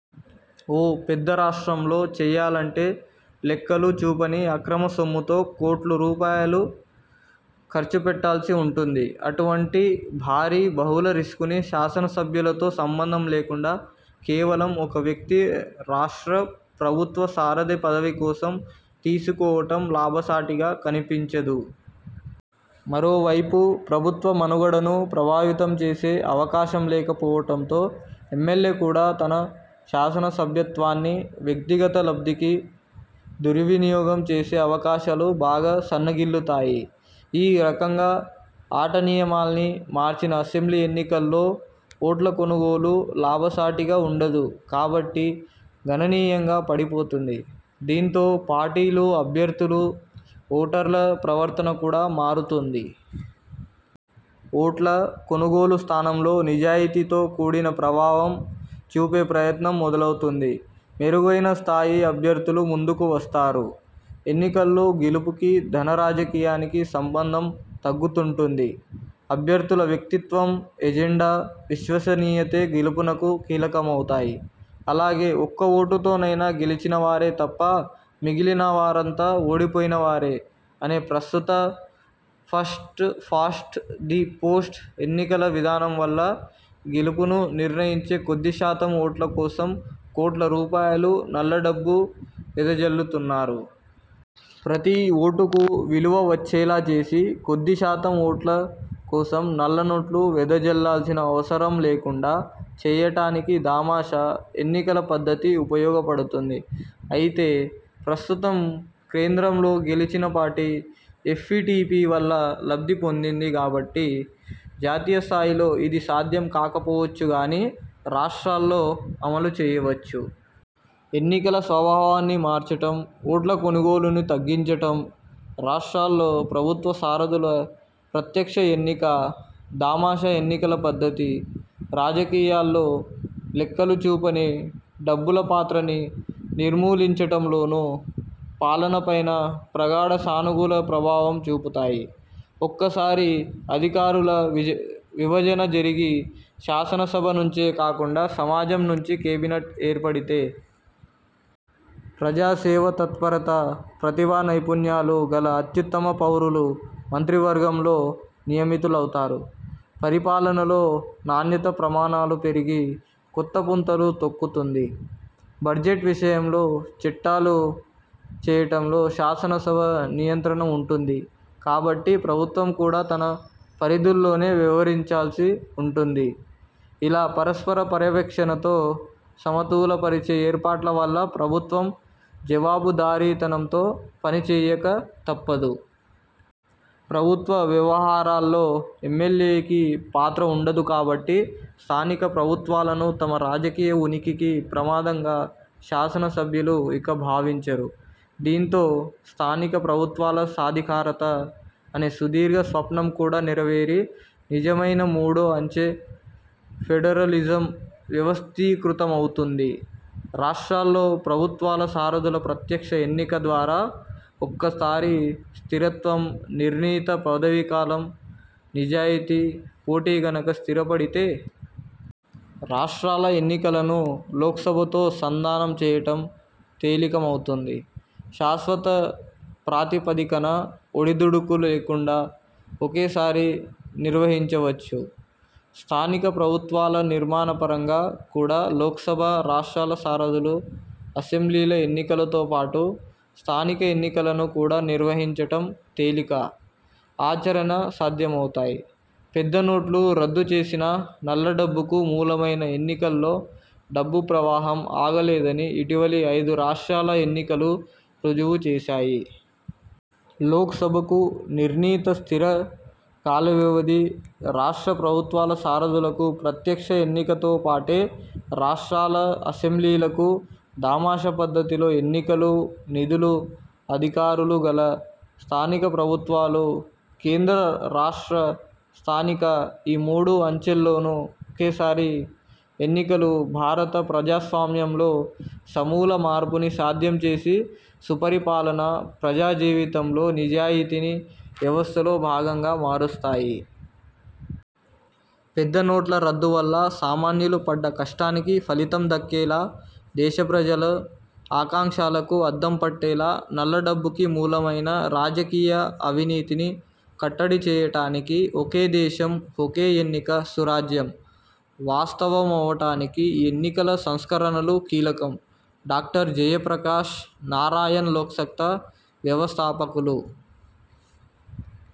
ఓ పెద్ద రాష్ట్రంలో చేయాలంటే లెక్కలు చూపని, అక్రమ సొమ్ముతో కోట్లు రూపాయలు ఖర్చు పెట్టాల్సి ఉంటుంది. అటువంటి భారీ, బహుళ రిస్కుని శాసన సభ్యులతో సంబంధం లేకుండా కేవలం ఒక వ్యక్తి రాష్ట్ర ప్రభుత్వ సారథి పదవి కోసం తీసుకోవటం లాభసాటిగా కనిపించదు. మరోవైపు, ప్రభుత్వ మనుగడను ప్రభావితం చేసే అవకాశం లేకపోవటంతో ఎమ్మెల్యే కూడా తన శాసనసభ్యత్వాన్ని వ్యక్తిగత లబ్ధికి దుర్వినియోగం చేసే అవకాశాలు బాగా సన్నగిల్లుతాయి. ఈ రకంగా ఆటనియమాల్ని మార్చిన అసెంబ్లీ ఎన్నికల్లో ఓట్ల కొనుగోలు లాభసాటిగా ఉండదు కాబట్టి గణనీయంగా పడిపోతుంది. దీంతో పార్టీలు, అభ్యర్థులు, ఓటర్ల ప్రవర్తన కూడా మారుతుంది. ఓట్ల కొనుగోలు స్థానంలో.. నిజాయతీతో కూడిన ప్రభావం చూపే ప్రయత్నం మొదలవుతుంది. మెరుగైన స్థాయి అభ్యర్థులు ముందుకు వస్తారు. ఎన్నికల్లో గెలుపుకి, ధన రాజకీయానికి సంబంధం తగ్గుతుంటుంది. అభ్యర్థుల వ్యక్తిత్వం, ఎజెండా, విశ్వసనీయతే గెలుపునకు కీలకమవుతాయి. అలాగే ఒక్క ఓటుతోనైనా గెలిచినవారే తప్ప మిగిలినవారంతా ఓడిపోయినవారే అనే ప్రస్తుత ఫస్ట్ పాస్ట్ ది పోస్ట్ ఎన్నికల విధానం వల్ల గెలుపును నిర్ణయించే కొద్దిశాతం ఓట్ల కోసం కోట్ల రూపాయలు నల్లడబ్బు వెదజల్లుతున్నారు. ప్రతి ఓటుకూ విలువ వచ్చేలా చేసి, కొద్ది శాతం ఓట్ల కోసం నల్ల నోట్లు వెదజల్లాల్సిన అవసరం లేకుండా చేయటానికి దామాషా ఎన్నికల పద్ధతి ఉపయోగపడుతుంది. అయితే ప్రస్తుతం కేంద్రంలో గెలిచిన పార్టీ ఎఫ్పీటీపీ వల్ల లబ్ధి పొందింది గాబట్టి.. జాతీయస్థాయిలో ఇది సాధ్యం కాకపోవచ్చుగానీ, రాష్ట్రాల్లో అమలు చేయవచ్చు. ఎన్నికల స్వభావాన్ని మార్చటం, ఓట్లకొనుగోలుని తగ్గించటం, రాష్ట్రాల్లో ప్రభుత్వ సారథుల ప్రత్యక్ష ఎన్నిక, దామాషా ఎన్నికల పద్ధతి.. రాజకీయాల్లో లెక్కలు చూపని డబ్బుల పాత్రని నిర్మూలించటంలోనూ, పాలనపైనా ప్రగాఢ సానుకూల ప్రభావం చూపుతాయి. ఒక్కసారి అధికారుల విభజన జరిగి, శాసనసభ నుంచే కాకుండా సమాజం నుంచి కేబినెట్ ఏర్పడితే.. ప్రజాసేవాతత్పరత, ప్రతిభానైపుణ్యాలు గల అత్యుత్తమ పౌరులు మంత్రివర్గంలో నియమితులవుతారు. పరిపాలనలో నాణ్యతా ప్రమాణాలు పెరిగి కొత్తపుంతలు తొక్కుతుంది. బడ్జెట్ విషయంలో, చిట్టాలు చేయటంలో శాసనసభ నియంత్రణ ఉంటుంది కాబట్టి ప్రభుత్వం కూడా తన పరిధుల్లోనే వ్యవహరించాల్సి ఉంటుంది. ఇలా పరస్పర పర్యవేక్షణతో సమతూ లపరిచే ఏర్పాట్ల వల్ల ప్రభుత్వం జవాబుదారీతనంతో పనిచేయక తప్పదు. ప్రభుత్వ వ్యవహారాల్లో ఎమ్మెల్యేకి పాత్ర ఉండదు కాబట్టి, స్థానిక ప్రభుత్వాలను తమ రాజకీయ ఉనికికి ప్రమాదంగా శాసనసభ్యులు ఇక భావించరు. దీంతో స్థానికప్రభుత్వాల సాధికారత అనే సుదీర్ఘ స్వప్నం కూడా నెరవేరి నిజమైన మూడో అంచె ఫెడరలిజం వ్యవస్థీకృతమవుతుంది. రాష్ట్రాల్లో ప్రభుత్వాల సారథుల ప్రత్యక్ష ఎన్నిక ద్వారా ఒక్కసారి స్థిరత్వం, నిర్ణీత పదవీకాలం, నిజాయతీ, పోటీ గనక స్థిరపడితే.. రాష్ట్రాల ఎన్నికలను లోక్సభతో సంధానం చేయటం తేలికవుతుంది. శాశ్వత ప్రాతిపదికన, ఒడిదుడుకులు లేకుండా ఒకేసారి నిర్వహించవచ్చు. స్థానిక ప్రభుత్వాల నిర్మాణపరంగా కూడా లోక్సభ, రాష్ట్రాల సారథులు, అసెంబ్లీల ఎన్నికలతో పాటు స్థానిక ఎన్నికలను కూడా నిర్వహించటం తేలిక, ఆచరణ సాధ్యమవుతాయి. పెద్ద నోట్లు రద్దు చేసినా నల్లడబ్బుకు మూలమైన ఎన్నికల్లో డబ్బు ప్రవాహం ఆగలేదని ఇటీవలి ఐదు రాష్ట్రాల ఎన్నికలు రుజువు చేశాయి. లోక్సభకు నిర్ణీత స్థిర కాలవ్యవధి, రాష్ట్ర ప్రభుత్వాల సారథులకు ప్రత్యక్ష ఎన్నికతోపాటే రాష్ట్రాల అసెంబ్లీలకు దామాషా పద్ధతిలో ఎన్నికలు, నిధులు, అధికారు లుగల స్థానిక ప్రభుత్వాలు, కేంద్ర రాష్ట్ర స్థానిక ఈ మూడు అంచెల్లోనూ ఒకేసారి ఎన్నికలు.. భారత ప్రజాస్వామ్యంలో సమూల మార్పుని సాధ్యం చేసి సుపరిపాలన, ప్రజాజీవితంలో నిజాయితీని వ్యవస్థలో భాగంగా మారుస్తాయి. పెద్ద నోట్ల రద్దువల్ల సామాన్యులు పడ్డ కష్టానికి ఫలితం దక్కేలా, దేశ ప్రజల ఆకాంక్షలకు అద్దం పట్టేలా నల్లడబ్బుకి మూలమైన రాజకీయ అవినీతిని కట్టడి చేయటానికి, 'ఒకే దేశం ఒకే ఎన్నిక సురాజ్యం' వాస్తవమవటానికి ఈ ఎన్నికల సంస్కరణలు కీలకం. డాక్టర్ జయప్రకాష్ నారాయణ్లోక్సత్తా వ్యవస్థాపకులు